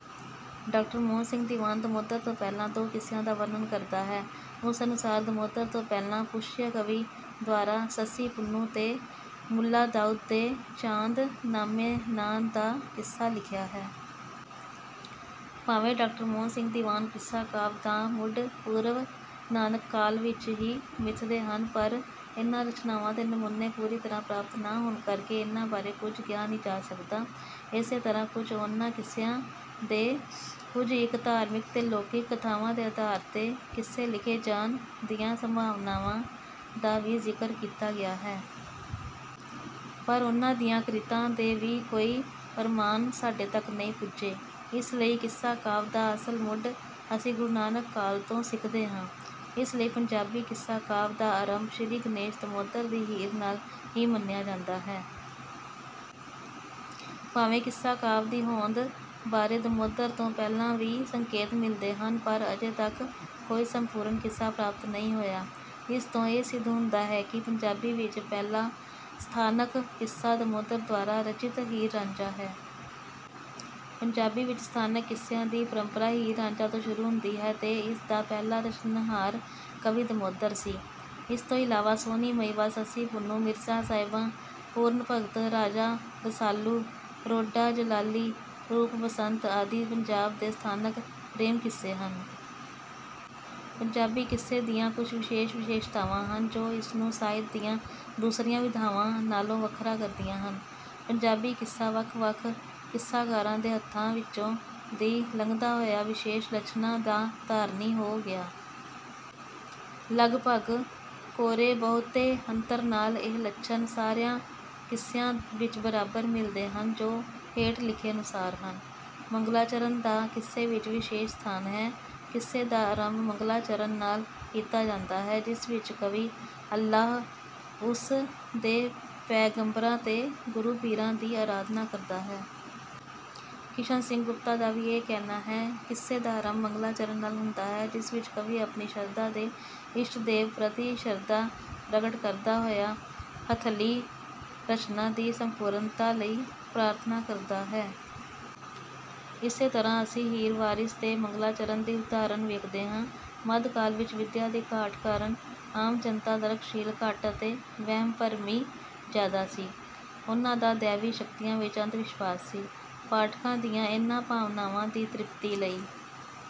ਡਾ. ਮੋਹਨ ਸਿੰਘ ਦੀਵਾਨ ਦਮੋਦਰ ਤੋਂ ਪਹਿਲਾਂ ਦੋ ਕਿੱਸਿਆਂ ਦਾ ਵਰਣਨ ਕਰਦਾ ਹੈ। ਉਸ ਅਨੁਸਾਰ, ਦਮੋਦਰ ਤੋਂ ਪਹਿਲਾਂ ਪੁਸ਼ਯ ਕਵੀ ਦੁਆਰਾ ‘ਸੱਸੀ-ਪੁੰਨੂੰ’ ਤੇ ਮੁਲਾ ਦਾਊਦ ਦੇ ‘ਚਾਂਦ ਨਾਮੇ’ ਨਾਂ ਦਾ ਕਿੱਸਾ ਲਿਖਿਆ ਹੈ। ਭਾਵੇਂ ਡਾ. ਮੋਹਨ ਸਿੰਘ ਦੀਵਾਨ ਕਿੱਸਾ-ਕਾਵਿ ਦਾ ਮੁੱਢ ਪੂਰਵ-ਨਾਨਕ ਕਾਲ ਵਿੱਚ ਹੀ ਮਿਥਦੇ ਹਨ, ਪਰ ਇਹਨਾਂ ਰਚਨਾਵਾਂ ਦੇ ਨਮੂਨੇ ਪੂਰੀ ਤਰ੍ਹਾਂ ਪ੍ਰਾਪਤ ਨਾ ਹੋਣ ਕਰਕੇ ਇਹਨਾਂ ਬਾਰੇ ਕੁਝ ਕਿਹਾ ਨਹੀਂ ਜਾ ਸਕਦਾ। ਏਸੇ ਤਰ੍ਹਾਂ ਕੁਝ ਉਹਨਾਂ ਕਿੱਸਿਆਂ ਦੇ, ਕੁਝ ਇੱਕ ਧਾਰਮਿਕ ਤੇ ਲੋਕਿਕ ਕਥਾਵਾਂ ਦੇ ਆਧਾਰ ’ਤੇ, ਕਿੱਸੇ ਲਿਖੇ ਜਾਣ ਦੀਆਂ ਸੰਭਾਵਨਾਵਾਂ ਦਾ ਵੀ ਜ਼ਿਕਰ ਕੀਤਾ ਗਿਆ ਹੈ। ਪਰ ਉਹਨਾਂ ਦੀਆਂ ਕ੍ਰਿਤਾਂ ਦੇ ਵੀ ਕੋਈ ਪ੍ਰਮਾਣ ਸਾਡੇ ਤੱਕ ਨਹੀਂ ਪੁੱਜੇ। ਇਸ ਲਈ ਕਿੱਸਾ-ਕਾਵਿ ਦਾ ਅਸਲ ਮੁੱਢ ਅਸੀਂ ਗੁਰੂ ਨਾਨਕ ਕਾਲ ਤੋਂ ਸਿੱਖਦੇ ਹਾਂ। ਇਸ ਲਈ ਪੰਜਾਬੀ ਕਿੱਸਾ-ਕਾਵਿ ਦਾ ਆਰੰਭ ਸ੍ਰੀ ਗਣੇਸ਼, ਦਮੋਦਰ ਦੀ ਹੀਰ ਨਾਲ ਹੀ ਮੰਨਿਆ ਜਾਂਦਾ ਹੈ। ਭਾਵੇਂ ਕਿੱਸਾ-ਕਾਵਿ ਦੀ ਹੋਂਦ ਬਾਰੇ ਦਮੋਦਰ ਤੋਂ ਪਹਿਲਾਂ ਵੀ ਸੰਕੇਤ ਮਿਲਦੇ ਹਨ, ਪਰ ਅਜੇ ਤੱਕ ਕੋਈ ਸੰਪੂਰਨ ਕਿੱਸਾ ਪ੍ਰਾਪਤ ਨਹੀਂ ਹੋਇਆ। ਇਸ ਤੋਂ ਇਹ ਸਿੱਧ ਹੁੰਦਾ ਹੈ ਕਿ ਪੰਜਾਬੀ ਵਿੱਚ ਪਹਿਲਾ ਸਥਾਨਕ ਕਿੱਸਾ ਦਮੋਦਰ ਦੁਆਰਾ ਰਚਿਤ ‘ਹੀਰ-ਰਾਂਝਾ’ ਹੈ। “ਪੰਜਾਬੀ ਵਿੱਚ ਸਥਾਨਕ ਕਿੱਸਿਆਂ ਦੀ ਪਰੰਪਰਾ ‘ਹੀਰ-ਰਾਂਝਾ’ ਤੋਂ ਸ਼ੁਰੂ ਹੁੰਦੀ ਹੈ ਤੇ ਇਸ ਦਾ ਪਹਿਲਾ ਰਚਨਹਾਰ ਕਵੀ ਦਮੋਦਰ ਸੀ। ਇਸ ਤੋਂ ਇਲਾਵਾ ‘ਸੋਹਣੀ-ਮਹੀਂਵਾਲ’, ‘ਸੱਸੀ-ਪੁੰਨੂੰ’, ‘ਮਿਰਜ਼ਾ-ਸਾਹਿਬਾਂ’, ‘ਪੂਰਨ ਭਗਤ’, ‘ਰਾਜਾ ਰਸਾਲੂ’, ‘ਰੋਡਾ ਜਲਾਲੀ’, ‘ਰੂਪ-ਬਸੰਤ’ ਆਦਿ ਪੰਜਾਬ ਦੇ ਸਥਾਨਕ ਪ੍ਰੇਮ-ਕਿੱਸੇ ਹਨ।” ਪੰਜਾਬੀ ਕਿੱਸੇ ਦੀਆਂ ਕੁਝ ਵਿਸ਼ੇਸ਼ ਵਿਸ਼ੇਸ਼ਤਾਵਾਂ ਹਨ, ਜੋ ਇਸ ਨੂੰ ਸਾਹਿਤ ਦੀਆਂ ਦੂਸਰੀਆਂ ਵਿਧਾਵਾਂ ਨਾਲੋਂ ਵੱਖਰਾ ਕਰਦੀਆਂ ਹਨ। ਪੰਜਾਬੀ ਕਿੱਸਾ ਵੱਖ-ਵੱਖ ਕਿੱਸਾਕਾਰਾਂ ਦੇ ਹੱਥਾਂ ਵਿੱਚੋਂ ਦੀ ਲੰਘਦਾ ਹੋਇਆ ਵਿਸ਼ੇਸ਼ ਲੱਛਣਾਂ ਦਾ ਧਾਰਨੀ ਹੋ ਗਿਆ। ਲਗਭਗ ਕੋਰੇ-ਬਹੁਤੇ ਅੰਤਰ ਨਾਲ ਇਹ ਲੱਛਣ ਸਾਰਿਆਂ ਕਿੱਸਿਆਂ ਵਿੱਚ ਬਰਾਬਰ ਮਿਲਦੇ ਹਨ, ਜੋ ਹੇਠ ਲਿਖੇ ਅਨੁਸਾਰ ਹਨ: ਮੰਗਲਾਚਰਣ ਦਾ ਕਿੱਸੇ ਵਿੱਚ ਵਿਸ਼ੇਸ਼ ਸਥਾਨ ਹੈ। ਕਿੱਸੇ ਦਾ ਆਰੰਭ ਮੰਗਲਾਚਰਣ ਨਾਲ ਕੀਤਾ ਜਾਂਦਾ ਹੈ, ਜਿਸ ਵਿੱਚ ਕਵੀ ਅੱਲਾਹ, ਉਸ ਦੇ ਪੈਗੰਬਰਾਂ ਤੇ ਗੁਰੂ-ਪੀਰਾਂ ਦੀ ਅਰਾਧਨਾ ਕਰਦਾ ਹੈ। ਕਿਸ਼ਨ ਸਿੰਘ ਗੁਪਤਾ ਦਾ ਵੀ ਇਹ ਕਹਿਣਾ ਹੈ, “ਕਿੱਸੇ ਦਾ ਆਰੰਭ ਮੰਗਲਾਚਰਣ ਨਾਲ ਹੁੰਦਾ ਹੈ, ਜਿਸ ਵਿੱਚ ਕਵੀ ਆਪਣੀ ਸ਼ਰਧਾ ਦੇ ਇਸ਼ਟਦੇਵ ਪ੍ਰਤੀ ਸ਼ਰਧਾ ਪ੍ਰਗਟ ਕਰਦਾ ਹੋਇਆ ਹੱਥਲੀ ਰਚਨਾ ਦੀ ਸੰਪੂਰਨਤਾ ਲਈ ਪ੍ਰਾਰਥਨਾ ਕਰਦਾ ਹੈ।” ਇਸੇ ਤਰ੍ਹਾਂ ਅਸੀਂ ‘ਹੀਰ ਵਾਰਿਸ’ ਦੇ ਮੰਗਲਾਚਰਣ ਦੀ ਉਦਾਹਰਨ ਵੇਖਦੇ ਹਾਂ। ਮੱਧਕਾਲ ਵਿੱਚ ਵਿੱਦਿਆ ਦੀ ਘਾਟ ਕਾਰਣ ਆਮ ਜਨਤਾ ਤਰਕਸ਼ੀਲ ਘੱਟ ਅਤੇ ਵਹਿਮ-ਭਰਮੀ ਜ਼ਿਆਦਾ ਸੀ। ਉਹਨਾਂ ਦਾ ਦੈਵੀ ਸ਼ਕਤੀਆਂ ਵਿੱਚ ਅੰਧਵਿਸ਼ਵਾਸ ਸੀ। ਪਾਠਕਾਂ ਦੀਆਂ ਇਹਨਾਂ ਭਾਵਨਾਵਾਂ ਦੀ ਤ੍ਰਿਪਤੀ ਲਈ...